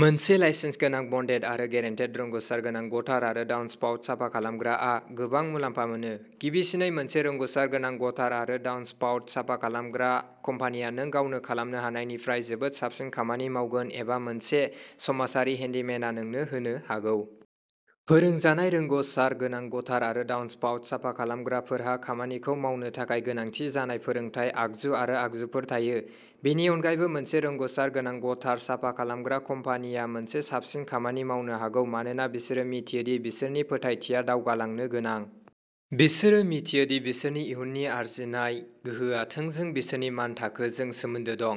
मोनसे लाइसेन्स गोनां, बन्डेड आरो गेरेन्टेड रोंग'सार गोनां गटार आरो डाउनस्पाउट साफा खालामग्राआ गोबां मुलाम्फा मोनो। गिबिसिनै, मोनसे रोंग'सार गोनां गटार आरो डाउनस्पाउट साफा खालामग्रा कम्पानिया नों गावनो खालामनो हानायनिफ्राय जोबोद साबसिन खामानि मावगोन, एबा मोनसे समाजारि हेन्डीमेनआ नोंनो होनो हागौ। फोरोंजानाय रोंग'सार गोनां गटार आरो डाउनस्पाउट साफा खालामग्राफोरहा खामानिखौ मावनो थाखाय गोनांथि जानाय फोरोंथाय, आगजु आरो आगजुफोर थायो। बेनि अनगायैबो, मोनसे रोंग'सार गोनां गटार साफा खालामग्रा कम्पानिया मोनसे साबसिन खामानि मावनो हागौ मानोना बिसोरो मिथियो दि बिसोरनि फोथायथिआ दावगालांनो गोनां। बिसोरो मिथियो दि बिसोरनि इयुननि आरजिनाय गोहोआ थोंजों बिसोरनि मानथाखोजों सोमोन्दो दं।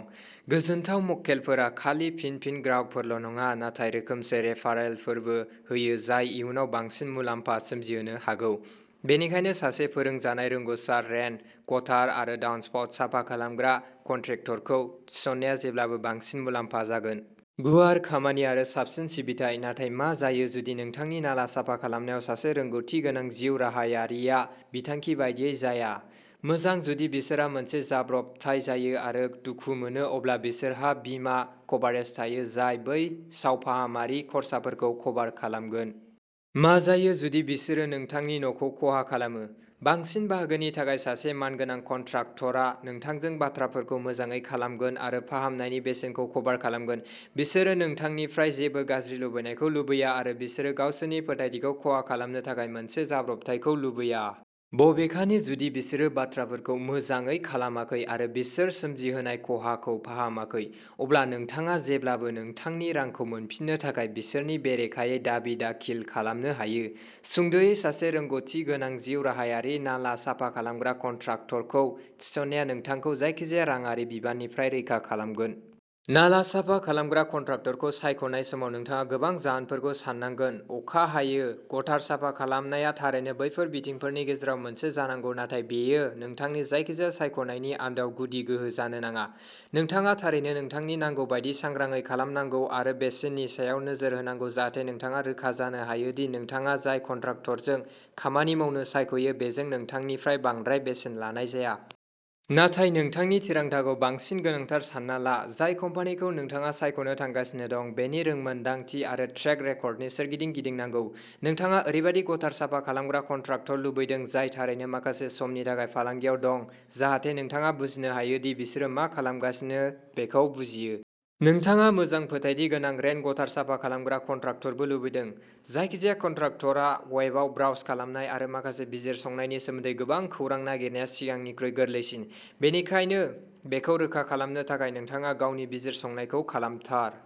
गोजोनथाव मक्केलफोरा खालि फिन-फिन ग्राहकफोरल'नङा, नाथाय रोखोमसे रेफारेलफोरबो होयो जाय इयुनाव बांसिन मुलाम्फा सोमजिहोनो हागौ। बेनिखायनो, सासे फोरोंजानाय रोंग'सार रेन गटार आरो डाउनस्पाउट साफा खालामग्रा कन्ट्रेक्टरखौ थिसननाया जेब्लाबो बांसिन मुलाम्फा जागोन। गुवार खामानि आरो साबसिन सिबिथाइ। नाथाय मा जायो जुदि नोंथांनि नाला साफा खालामनायाव सासे रोंग'थि गोनां जिउराहायारिआ बिथांखि बादियै जाया? मोजां, जुदि बिसोरहा मोनसे जाब्रबथाय जायो आरो दुखु मोनो अब्ला बिसोरहा बीमा कभारेज थायो जाय बै सावफाहामारि खर्साफोरखौ कभार खालामगोन। मा जायो जुदि बिसोरो नोंथांनि न'खौ खहा खालामो? बांसिन बाहागोनि थाखाय, सासे मानगोनां कन्ट्राक्टरआ नोंथांजों बाथ्राफोरखौ मोजाङै खालामगोन आरो फाहामनायनि बेसेनखौ कभार खालामगोन। बिसोरो नोंथांनिफ्राय जेबो गाज्रि लुबैनायखौ लुबैया, आरो बिसोरो गावसोरनि फोथायथिखौ खहा खालामनो थाखाय मोनसे जाब्रबथायखौ लुबैया। बबेखानि जुदि बिसोरो बाथ्राफोरखौ मोजाङै खालामाखै आरो बिसोर सोमजिहोनाय खहाखौ फाहामाखै, अब्ला नोंथाङा जेब्लाबो नोंथांनि रांखौ मोनफिननो थाखाय बिसोरनि बेरेखायै दाबि दाखिल खालामनो हायो। सुंद'यै, सासे रोंग'थिगोनां जिउराहायारि नाला साफा खालामग्रा कन्ट्राक्टरखौ थिसननाया नोंथांखौ जायखिजाया रांआरि बिबाननिफ्राय रैखा खालामगोन। नाला साफा खालामग्रा कन्ट्राक्टरखौ सायख'नाय समाव नोंथाङा गोबां जाहोनफोरखौ साननांगोन। अखा हायो। गटार साफा खालामनाया थारैनो बैफोर बिथिंफोरनि गेजेराव मोनसे जानांगौ, नाथाय बेयो नोंथांनि जायखिजाया सायख'नायनि आन्दोआव गुदि गोहो जानो नाङा। नोंथाङा थारैनो नोंथांनि नांगौ बायदि सांग्राङै खालामनांगौ आरो बेसेननि सायाव नोजोर होनांगौ जाहाथे नोंथाङा रोखा जानो हायो दि नोंथाङा जाय कन्ट्राक्टरजों खामानि मावनो सायख'यो, बेजों नोंथांनिफ्राय बांद्राय बेसेन लानाय जाया। नाथाय नोंथांनि थिरांथाखौ बांसिन गोनांथार सानना ला, जाय कम्पानिखौ नोंथाङा सायख'नो थांगासिनो दं, बेनि रोंमोनदांथि आरो ट्रेक रेकर्डनि सोरगिदिं गिदिंनांगौ। नोंथाङा ओरैबायदि गटार साफा खालामग्रा कन्ट्राक्टर लुबैदों, जाय थारैनो माखासे समनि थाखाय फालांगियाव दं, जाहाथे नोंथाङा बुजिनो हायो दि बिसोरो मा खालामगासिनो बेखौ बुजियो। नोंथाङा मोजां फोथायथि गोनां रेन गटार साफा खालामग्रा कन्ट्राक्टरबो लुबैदों। जायखिजाया कन्ट्राक्टरआ वेबआव ब्राउज खालामनाय आरो माखासे बिजिरसंनायनि सोमोन्दै गोबां खौरां नागिरनाया सिगांनिख्रुइ गोरलैसिन। बेनिखायनो, बेखौ रोखा खालामनो थाखाय नोंथाङा गावनि बिजिरसंनायखौ खालामथार।